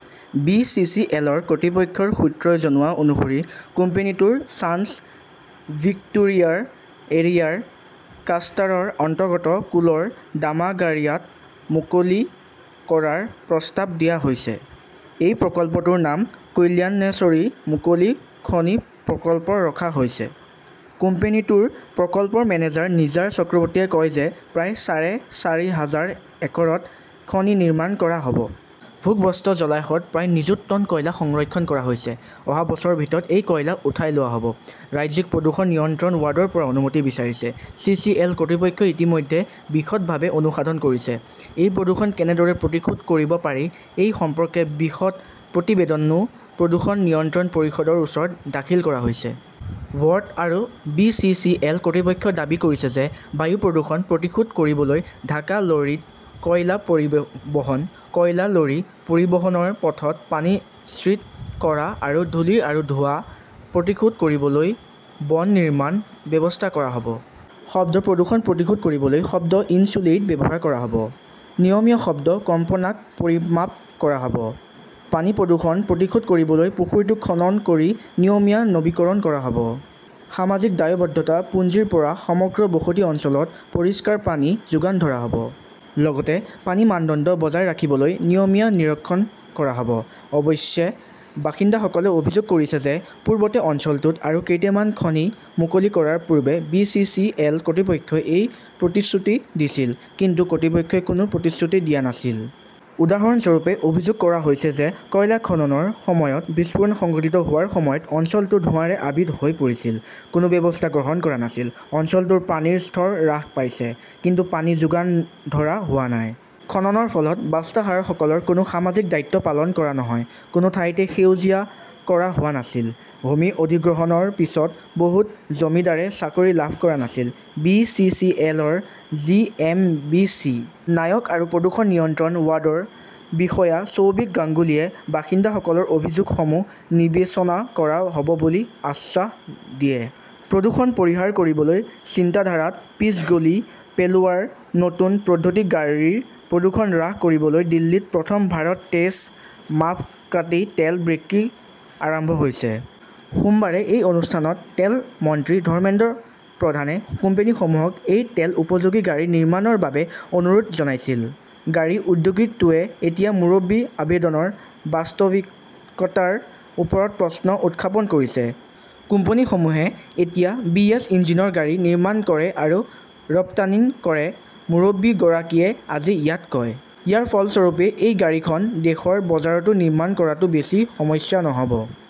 B. C. C. L. -ৰ কৰ্তৃপক্ষৰ সূত্ৰই জনোৱা অনুসৰি, কোম্পানীটোৰ চাঞ্চ ভিক্টোৰিয়াৰ এৰিয়াৰ ক্লাষ্টাৰৰ অন্তৰ্গত কুলৰ দামাগাৰিয়াত মুকলি কৰাৰ প্ৰস্তাৱ দিয়া হৈছে। এই প্ৰকল্পটোৰ নাম "কল্যাণেশ্বৰী" মুকলি খনি প্ৰকল্প ৰখা হৈছে। কোম্পানীটোৰ প্ৰকল্প মেনেজাৰ নিৰ্জাৰ চক্ৰৱৰ্তীয়ে কয় যে, প্ৰায় চাৰে চাৰি হাজাৰ একৰত খনি নিৰ্মাণ কৰা হব। ভূগৰ্ভস্থ জলাশয়ত প্ৰায় নিযুত টন কয়লা সংৰক্ষণ কৰা হৈছে। অহা বছৰৰ ভিতৰত এই কয়লা উঠাই লোৱা হব। ৰাজ্যিক প্ৰদূষণ নিয়ন্ত্ৰণ ৱাৰ্ডৰ পৰা অনুমতি বিচাৰিছে। চি. চি. এল. কৰ্তৃপক্ষই ইতিমধ্যে বিশদভাৱে অনুসাধন কৰিছে। এই প্ৰদূষণ কেনেদৰে প্ৰতিৰোধ কৰিব পাৰি, সেই সম্পৰ্কে বিশদ প্ৰতিবেদনো প্ৰদূষণ নিয়ন্ত্ৰণ পৰিষদৰ ওচৰত দাখিল কৰা হৈছে। বৰ্ড আৰু বি. চি. চি. এল. কৰ্তৃপক্ষই দাবী কৰিছে যে, বায়ু প্ৰদূষণ প্ৰতিশোধ কৰিবলৈ ঢাকা লৰীত কয়লা পৰিবহণ, কয়লা লৰি পৰিবহণৰ পথত পানী শ্ৰীদ কৰা আৰু ধূলি আৰু ধোঁৱা প্ৰতিৰোধ কৰিবলৈ বন নিৰ্মাণৰ ব্যৱস্থা কৰা হব। শব্দ প্ৰদূষণ প্ৰতিশোধ কৰিবলৈ শব্দ ইনচুলেট ব্যৱহাৰ কৰা হব। নিয়মীয়া শব্দৰ কম্পনাক পৰিমাপ কৰা হব। পানীৰ প্ৰদূষণ প্ৰতিশোধ কৰিবলৈ পুখুৰীটো খনন কৰি নিয়মীয়া নৱীকৰণ কৰা হব, সামাজিক দায়বদ্ধতা পুঞ্জীৰ পৰা সমগ্ৰ বসতি অঞ্চলত পৰিষ্কাৰ পানী যোগান ধৰা হব। লগতে পানীৰ মানদণ্ড বজাই ৰাখিবলৈ নিয়মীয়া নিৰক্ষণ কৰা হব। অৱশ্যে বাসিন্দাসকলে অভিযোগ কৰিছে যে, পূৰ্বতে অঞ্চলটোত আৰু কেইটামান খনি মুকলি কৰাৰ পূৰ্বে বি. চি. চি. এল. কৰ্তৃপক্ষই এই প্ৰতিশ্ৰুতি দিছিল। কিন্তু কৰ্তৃপক্ষই কোনো প্ৰতিশ্ৰুতি দিয়া নাছিল। উদাহৰণস্বৰূপে, অভিযোগ কৰা হৈছে যে, কয়লা খননৰ সময়ত বিস্ফোৰণ সংঘটিত হোৱাৰ সময়ত অঞ্চলটো ধোঁৱাৰে আবৃত হৈ পৰিছিল। কোনো ব্যৱস্থা গ্ৰহণ কৰা নাছিল। অঞ্চলটোৰ পানীৰ স্তৰ হ্ৰাস পাইছে। কিন্তু পানী যোগান ধৰা হোৱা নাই। খননৰ ফলত বাস্তুহাৰাসকলৰ কোনো সামাজিক দায়িত্ব পালন কৰা নহয়। কোনো ঠাইতে সেউজীয়া কৰা হোৱা নাছিল। ভূমি অধিগ্ৰহণৰ পিছত বহু জমিদাৰে চাকৰি লাভ কৰা নাছিল। বি. চি. চি. এল. -ৰ G. M. B. C. Nayak আৰু প্ৰদূষণ নিয়ন্ত্ৰণ ৱাৰ্ডৰ বিষয়া শ্বৌবিক গাংগুলীয়ে বাসিন্দাসকলৰ অভিযোগসমূহ বিবেচনা কৰা হব বুলি আশ্বাস দিয়ে। প্ৰদূষণ পৰিহাৰ কৰিবলৈ চিন্তাধাৰাত পিচ গলি পেলোৱাৰ নতুন পদ্ধতি গাড়ীৰ প্ৰদূষণ হ্ৰাস কৰিবলৈ দিল্লীত প্ৰথম "ভাৰত টেজ" মাপকাঠি তেল বিক্ৰী আৰম্ভ হৈছে। সোমবাৰে সেই অনুষ্ঠানত তেল মন্ত্ৰী ধৰ্মেন্দ্ৰ প্ৰধানে কোম্পানীসমূহক এই তেল-উপযোগী গাড়ী নিৰ্মাণৰ বাবে অনুৰোধ জনাইছিল। গাড়ী উদ্যোগিকটোৱে এতিয়া মুৰব্বীৰ আবেদনৰ বাস্তৱিকতাৰ ওপৰত প্ৰশ্ন উতখাপন কৰিছে। "কোম্পানীসমূহে এতিয়া বিএছ- ইঞ্জিনৰ গাড়ী নিৰ্মাণ কৰে আৰু ৰপ্তানি কৰে", মুৰব্বীগৰাকীয়ে আজি ইয়াত কয়। ইয়াৰ ফলস্বৰূপে সেই গাড়ীখন দেশৰ বজাৰতো নিৰ্মাণ কৰাটো বেছি সমস্যা নহব।